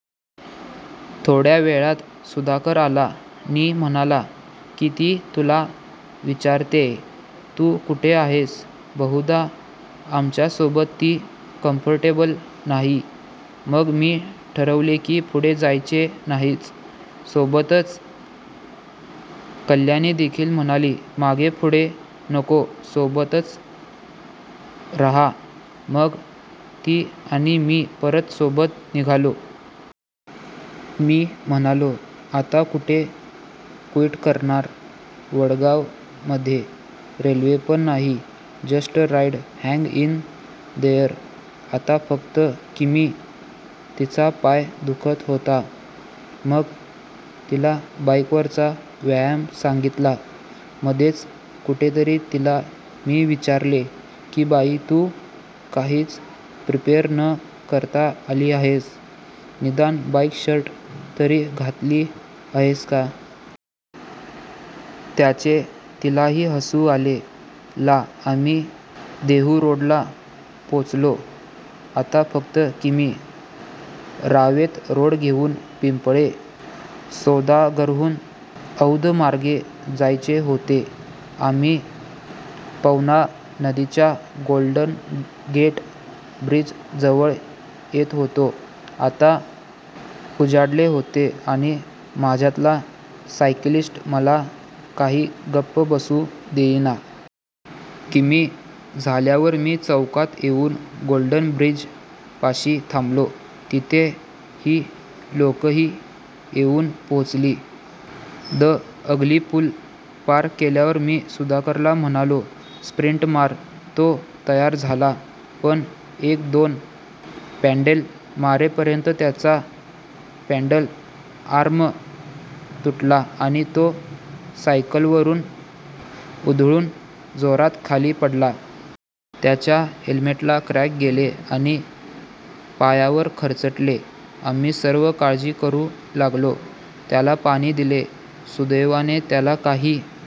थोड्यावेळात सुधाकर आला नी म्हणाला की ती तुला विचारतेय तू कुठे आहेस, बहुदा आमच्यासोबत ती कम्फर्टेबल नाही. मग मी ठरवले की पुढे जायचे नाहीच. सोबतच. कल्याणीदेखील म्हणाली, मागे पुढे नको सोबत रहा. मग ती आणि मी परत सोबत निघालो. मी म्हणालो, आता कुठे क्विट करणार, वडगाव मध्ये रेल्वे पण नाही. Just ride, hang in there आता फक्त किमी. तिचा पाय दुखत होता. मग तिला बाईकवरचा व्यायाम सांगीतला. मध्येच कुठेतरी तिला मी विचारले की बाई, तू काहीच प्रिपेअर न करता आली आहेस, निदान बाईक शॉर्ट तरी घातली आहेस का? त्याचे तिलाही हसू आले. ला आम्ही देहूरोडला पोचलो. आता फक्त किमी. रावेत रोड घेऊन, पिंपळे सौदागरहून औंधमार्गे जायचे होते. आम्ही पवना नदीच्या गोल्डन गेट ब्रिज जवळ येत होतो. आता उजाडले होते आणि माझ्यातला सायकलिस्ट मला काही गप्प बसू देईना. किमी झाल्यावर मी चौकात येऊन गोल्डन ब्रीज पाशी थांबलो. तिथे ही लोकंही येऊन पोचली. द अग्लीपुल पार केल्यावर मी सुधाकरला म्हणालो स्प्रिंट मार. तो तयार झाला, पण एक दोन पेडल मारे पर्यंत त्याचा पेडल आर्म तुटला आणि तो सायकलीवरून उधळून जोरात खाली पडला. त्याच्या हेल्मेटला क्रॅक गेले आणि पायावर खरचटले. आम्ही सर्व काळजी करू लागलो. त्याला पाणी दिले. सुदैवाने त्याला काही